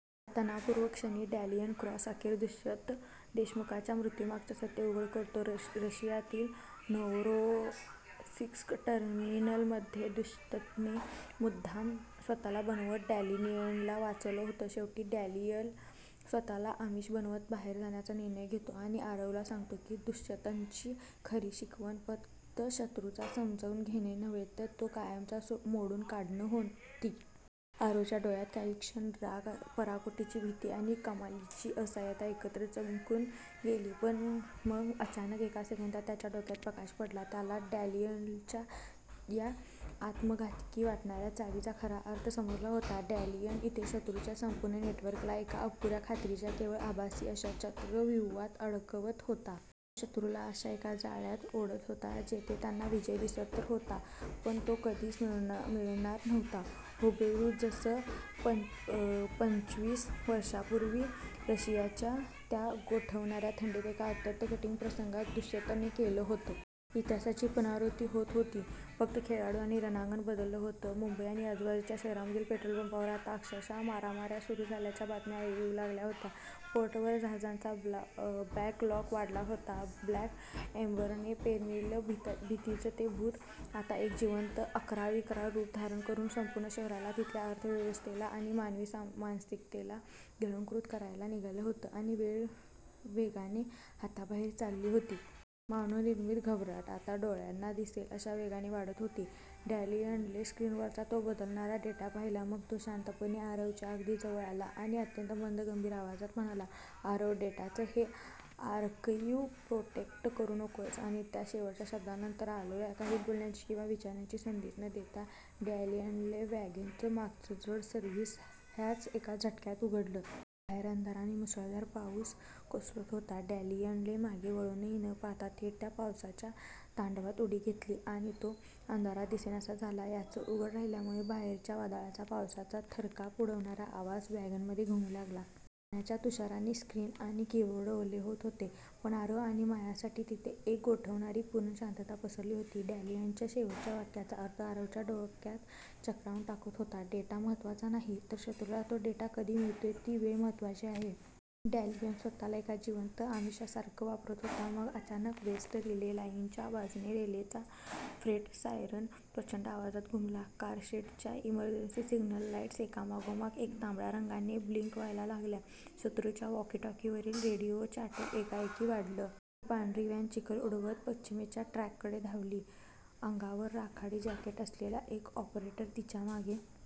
त्या तणावपूर्ण क्षणी डॅनियल क्रॉस अखेर दुष्यंत देशमुखच्या मृत्यूमागचं सत्य उघड करतो, रशियातील नोव्होरोसिस्क टर्मिनलमध्ये दुष्यंतने मुद्दाम स्वतःला बनवत डॅनियलला वाचवलं होतं. शेवटी डॅनियल स्वतःला आमिष बनवत बाहेर जाण्याचा निर्णय घेतो आणि आरवला सांगतो की दुष्यंतची खरी शिकवण फक्त शत्रूचा समजून घेणं नव्हे, तर तो कायमचा मोडून काढणं होती. आरवच्या डोळ्यांत काही क्षण राग, पराकोटीची भीती आणि कमालीची असहायता एकत्र चमकून गेली. पण मग अचानक, एका सेकंदात त्याच्या डोक्यात प्रकाश पडला. त्याला डॅनियलच्या या आत्मघातकी वाटणाऱ्या चालीचा खरा अर्थ समजला होता. डॅनियल इथे शत्रूच्या संपूर्ण नेटवर्कला एका अपुऱ्या खात्रीच्या, केवळ आभासी अशा चक्रव्यूहात अडकवत होता. तो शत्रूला अशा एका जाळ्यात ओढत होता, जिथे त्यांना विजय दिसत तर होता, पण तो कधीच मिळणार नव्हता. हुबेहूब जसं पंचवीस वर्षांपूर्वी रशियाच्या त्या गोठवणाऱ्या थंडीत, एका अत्यंत कठीण प्रसंगात दुष्यंतने केलं होतं! इतिहासाची पुनरावृत्ती होत होती, फक्त खेळाडू आणि रणांगण बदललं होतं. मुंबई आणि आजूबाजूच्या शहरांमधील पेट्रोल पंपांवर आता अक्षरशः मारामार्या सुरू झाल्याच्या बातम्या येऊ लागल्या होत्या. पोर्टवर जहाजांचा बॅकलॉग वाढला होता. ब्लॅक एम्बरने पेरलेलं भीतीचं ते भूत आता एक जिवंत, अक्राळविक्राळ रूप धारण करून संपूर्ण शहराला, तिथल्या अर्थव्यवस्थेला आणि मानवी मानसिकतेला गिळंकृत करायला निघालं होतं आणि वेळ वेगाने हाताबाहेर चालली होती. मानवनिर्मित घबराट आता डोळ्यांना दिसेल अशा वेगाने वाढत होती. डॅनियलने स्क्रीनवरचा तो बदलणारा डेटा पाहिला. मग तो शांतपणे आरवच्या अगदी जवळ आला आणि अत्यंत मंद, गंभीर आवाजात म्हणाला, "आरव डेटाचं हे आर्काइव्ह प्रोटेक्ट करू नकोस " आणि त्या शेवटच्या शब्दांनंतर, आरवला काही बोलण्याची किंवा विचारण्याची संधीच न देता, डॅनियलने वॅगनचं मागचं जड सर्व्हिस हॅच एका झटक्यात उघडलं. बाहेर अंधार आणि मुसळधार पाऊस कोसळत होता. डॅनियलने मागे वळूनही न पाहता थेट त्या पावसाच्या तांडवात उडी घेतली आणि तो अंधारात दिसेनासा झाला. हॅच उघडं राहिल्यामुळे बाहेरच्या वादळाचा, पावसाचा थरकाप उडवणारा आवाज वॅगनमध्ये घुमू लागला. पाण्याच्या तुषारांनी स्क्रीन आणि कीबोर्ड ओले होत होते. पण आरव आणि मायासाठी तिथे एक गोठवणारी, पूर्ण शांतता पसरली होती. डॅनियलच्या शेवटच्या वाक्याचा अर्थ आरवच्या डोक्यात चक्रावून टाकत होता. डेटा महत्त्वाचा नाही, तर शत्रूला तो डेटा कधी मिळतोय ती वेळ महत्त्वाची आहे! डॅनियल स्वतःला एका जिवंत आमिषासारखं वापरत होता. मग अचानक वेस्ट रिले लाईनच्या बाजूने रेल्वेचा फ्रेट सायरन प्रचंड आवाजात घुमला. कारशेडच्या इमर्जन्सी सिग्नल लाईट्स एकामागोमाग एक तांबड्या रंगाने ब्लिंक व्हायला लागल्या. शत्रूच्या वॉकी-टॉकीवरील रेडिओ चॅटर एकाएकी वाढलं. ती पांढरी व्हॅन चिखल उडवत पश्चिमेच्या ट्रॅककडे धावली. अंगावर राखाडी जॅकेट असलेला एक ऑपरेटर तिच्या मागे